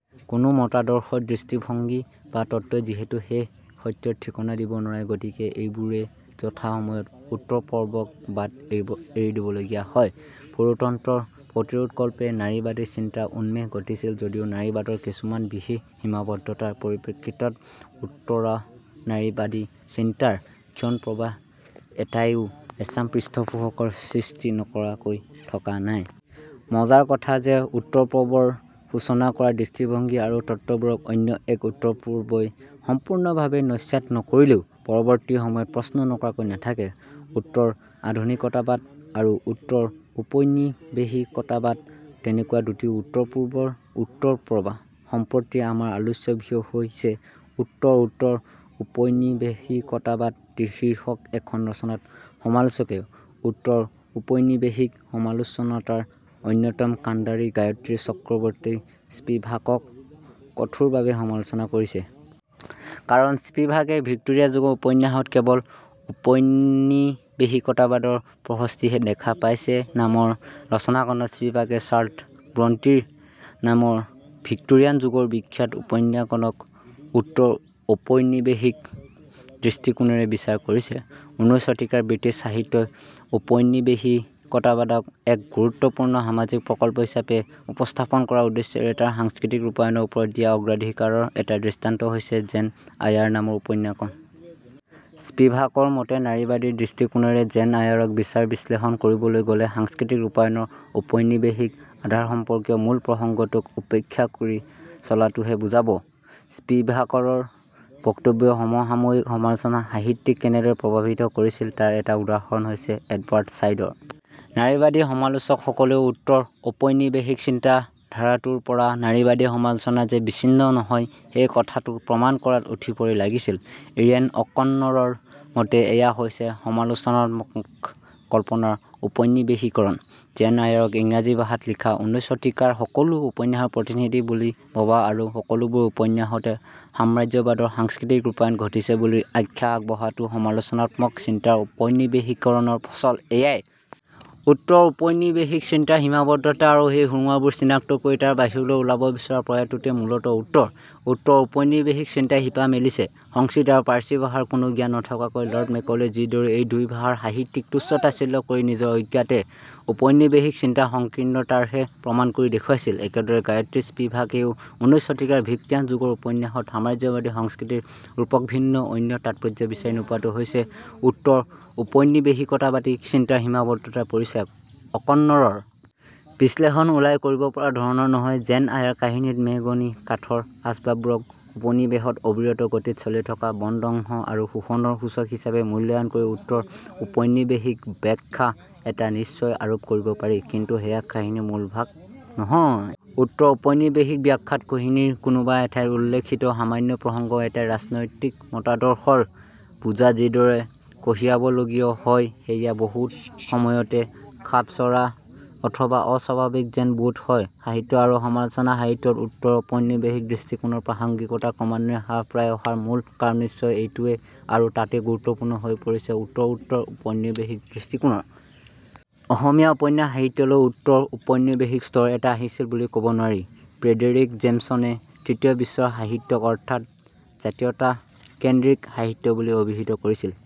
কোনো মতাদৰ্শ, দৃষ্টিভংগী বা তত্ত্বই যিহেতু শেষ সত্যৰ ঠিকনা দিব নোৱাৰে, গতিকে এইবোৰেও যথা সময়ত উত্তৰপৰ্বক বাট এৰি দিবলগীয়া হয়। পুৰুষতন্ত্ৰৰ প্ৰতিৰোধকল্পে নাৰীবাদী চিন্তাৰ উন্মেষ ঘটিছিল যদিও নাৰীবাদৰ কিছুমান বিশেষ সীমাবদ্ধতাৰ পৰিপ্ৰেক্ষিতত উত্তৰানাৰীবাদী চিন্তাৰ ক্ষীণ প্ৰবাহ এটাইও এচাম পৃষ্ঠপোষকৰ সৃষ্টি নকৰাকৈ থকা নাই। মজাৰ কথা যে উত্তৰপৰ্বৰ সূচনা কৰা দৃষ্টিভংগী আৰু তত্ত্ববোৰক অন্য এক উত্তৰপূৰ্বই সম্পূৰ্ণভাৱে নস্যাৎ নকৰিলেও পৰবৰ্তী সময়ত প্ৰশ্ন নকৰাকৈ নাথাকে। উত্তৰ আধুনিকতাবাদ আৰু উত্তৰ ঔপনিবেশিকতাবাদ তেনেকুৱা দুটি উত্তৰপূৰ্বৰ উত্তৰ প্ৰবাহ। সম্প্ৰতি আমাৰ আলোচ্য বিষয় হৈছে উত্তৰউত্তৰ ঔপনিবেশিকতাবাদ শীৰ্ষক এখন ৰচনাত সমালোচকে উত্তৰ ঔপনিবেশিক সমালোচনাতাৰ অন্যতম কাণ্ডাৰী গায়ত্ৰী চক্ৰৱৰ্ত্তী স্পিভাকক কঠোৰভাৱে সমালোচনা কৰিছে। কাৰণ স্পিভাকে ভিক্তোৰিয়া যুগৰ উপন্যাসত কেবল ঔপনিবেশিকতাবাদৰ প্ৰশস্তিহে দেখা পাইছে নামৰ ৰচনাখনত স্পিভাকে চাৰ্লট্ ব্ৰন্টিৰ নামৰ ভিক্টোৰিয়ান যুগৰ বিখ্যাত উপন্যাসখনক উত্তৰ ঔপনিবেশিক দৃষ্টিকোণেৰে বিচাৰ কৰিছে। উনৈশ শতিকাৰ ব্ৰিটিছ সাহিত্যই ঔপনিবেশিকতাবাদক এক গুৰুত্বপূৰ্ণ সামাজিক প্ৰকল্প হিচাপে উপস্থাপন কৰাৰ উদ্দেশ্যেৰে তাৰ সাংস্কৃতিক ৰূপায়নৰ ওপৰত দিয়া অগ্ৰাধিকাৰৰ এটা দৃষ্টান্ত হৈছে জেন আয়াৰ নামৰ উপন্যাসখন। স্পিভাকৰ মতে নাৰীবাদী দৃষ্টিকোণেৰে জেন আয়াৰক বিচাৰ বিশ্লেষণ কৰিবলৈ গলে সাংস্কৃতিক ৰূপায়নৰ ঔপনিবেশিক আধাৰসম্পৰ্কীয় মূল প্ৰসংগটোক উপেক্ষা কৰি চলাটোহে বুজাব। স্পিভাকৰৰ বক্তব্যই সমসাময়িক সমালোচনা সাহিত্যক কেনেদৰে প্ৰভাৱিত কৰিছিল তাৰ এটা উদাহৰণ হৈছে এডৱাৰ্ড চাঈদৰ। নাৰীবাদী সমালোচক সকলেও উত্তৰ ঔপনিবেশিক চিন্তাধাৰাটোৰ পৰা নাৰীবাদী সমালোচনা যে বিছিন্ন নহয়, সেই কথাটো প্ৰমাণ কৰাত উঠি পৰি লাগিছিল। ইৰেণ অকন্নৰৰ মতে এয়া হৈছে সমালোচনাত্মক কল্পনাৰ ঔপনিবেশীকৰণ। জেন আয়াৰক ইংৰাজী ভাষাত লিখা ঊনৈশ শতিকাৰ সকলো উপন্যাসৰ প্ৰতিনিধি বুলি ভবা আৰু সকলোবোৰ উপন্যাসতে সাম্ৰাজ্যবাদৰ সাংস্কৃতিক ৰূপায়ন ঘটিছে বুলি আখ্যা আগবঢ়োৱাটো সমালোচনাত্মক চিন্তাৰ ঔপনিবেশিকীকৰণৰ ফচল। এয়াই উত্তৰ ঔপনিবেশিক চিন্তাৰ সীমাবদ্ধতা আৰু সেই সুৰুঙাবোৰ চিনাক্ত কৰি তাৰ বাহিৰলৈ ওলাব বিচৰা প্ৰয়াসটোতেই মূলতঃ উত্তৰ। উত্তৰ ঔপনিবেশিক চিন্তাই শিপা মেলিছে। সংস্কৃত আৰু পাৰ্চী ভাষাৰ কোনো জ্ঞান নথকাকৈয়ে লৰ্ড মেকলেই যিদৰে এই দুই ভাষাৰ সাহিত্যক তুচ্চ তাচ্ছিল্য কৰি নিজৰ অজ্ঞাতে ঔপনিবেশিক চিন্তাৰ সংকীৰ্ণতাৰহে প্ৰমাণ কৰি দেখুৱাইছিল, একেদৰে গায়এী স্পিভাকেও ঊনৈশ শতিকাৰ ভিক্টিয়ান যুগৰ উপন্যাসত সাম্ৰাজ্যবাদী সংস্কৃতিৰ ৰূপকভিন্ন অন্য তাৎপৰ্য বিচাৰি নোপোৱাটো হৈছে উত্তৰঔপনিবেশিকতাবাদী চিন্তাৰ সীমাবদ্ধতাৰ পৰিচায়ক। অকন্নৰৰ বিশ্লেষণ উলাই কৰিব পৰা ধৰণৰ নহয়। জেন আয়াৰ কাহিনীত মেহগনি কাঠৰ আচবাববোৰক উপনিবেশত অবিৰত গতিত চলি থকা বনধ্বংস আৰু শোষণৰ সূচক হিচাপে মূল্যায়ন কৰি উত্তৰ ঔপনিবেশিক ব্যাখ্যা এটা নিশ্চয় আৰোপ কৰিব পাৰি। কিন্তু সেয়া কাহিনীৰ মূলভাগ নহয়। উত্তৰ ঔপনিবেশিক ব্যাখ্যাত কহিনীৰ কোনোবা এঠাইত উল্লেখিত সামান্য প্ৰসঙ্গ এটাই ৰাজনৈতিক মতাদৰ্শৰ বোজা যিদৰে কঢ়িয়াবলগীয় হয় সেয়া বহু সময়তে খাপচৰা অথবা অস্বাভাৱিক যেন বোধ হয়। সাহিত্য আৰু সমালোচনা সাহিত্যত উত্তৰ ঔপনিবেশিক দৃষ্টিকোণৰ প্ৰাসঙ্গিকতা ক্ৰমান্বয়ে হ্ৰাস পাই অহাৰ মূল কাৰণ নিশ্চয় এইটোৱেই আৰু তাতেই গুৰুত্বপূৰ্ণ হৈ পৰিছে উত্তৰ উত্তৰ ঔপনিবেশিক দৃষ্টিকোণৰ। অসমীয়া উপন্যাস সাহিত্যলৈ উত্তৰ ঔপনিবেশিক স্তৰ এটা আহিছিল বুলি কব নোৱাৰি। ফ্ৰেডেৰিক জেমচনে তৃতীয় বিশ্বৰ সাহিত্যক অৰ্থাৎ জাতিজাতীয়তাকেন্দ্ৰিক সাহিত্য বুলি অভিহিত কৰিছিল।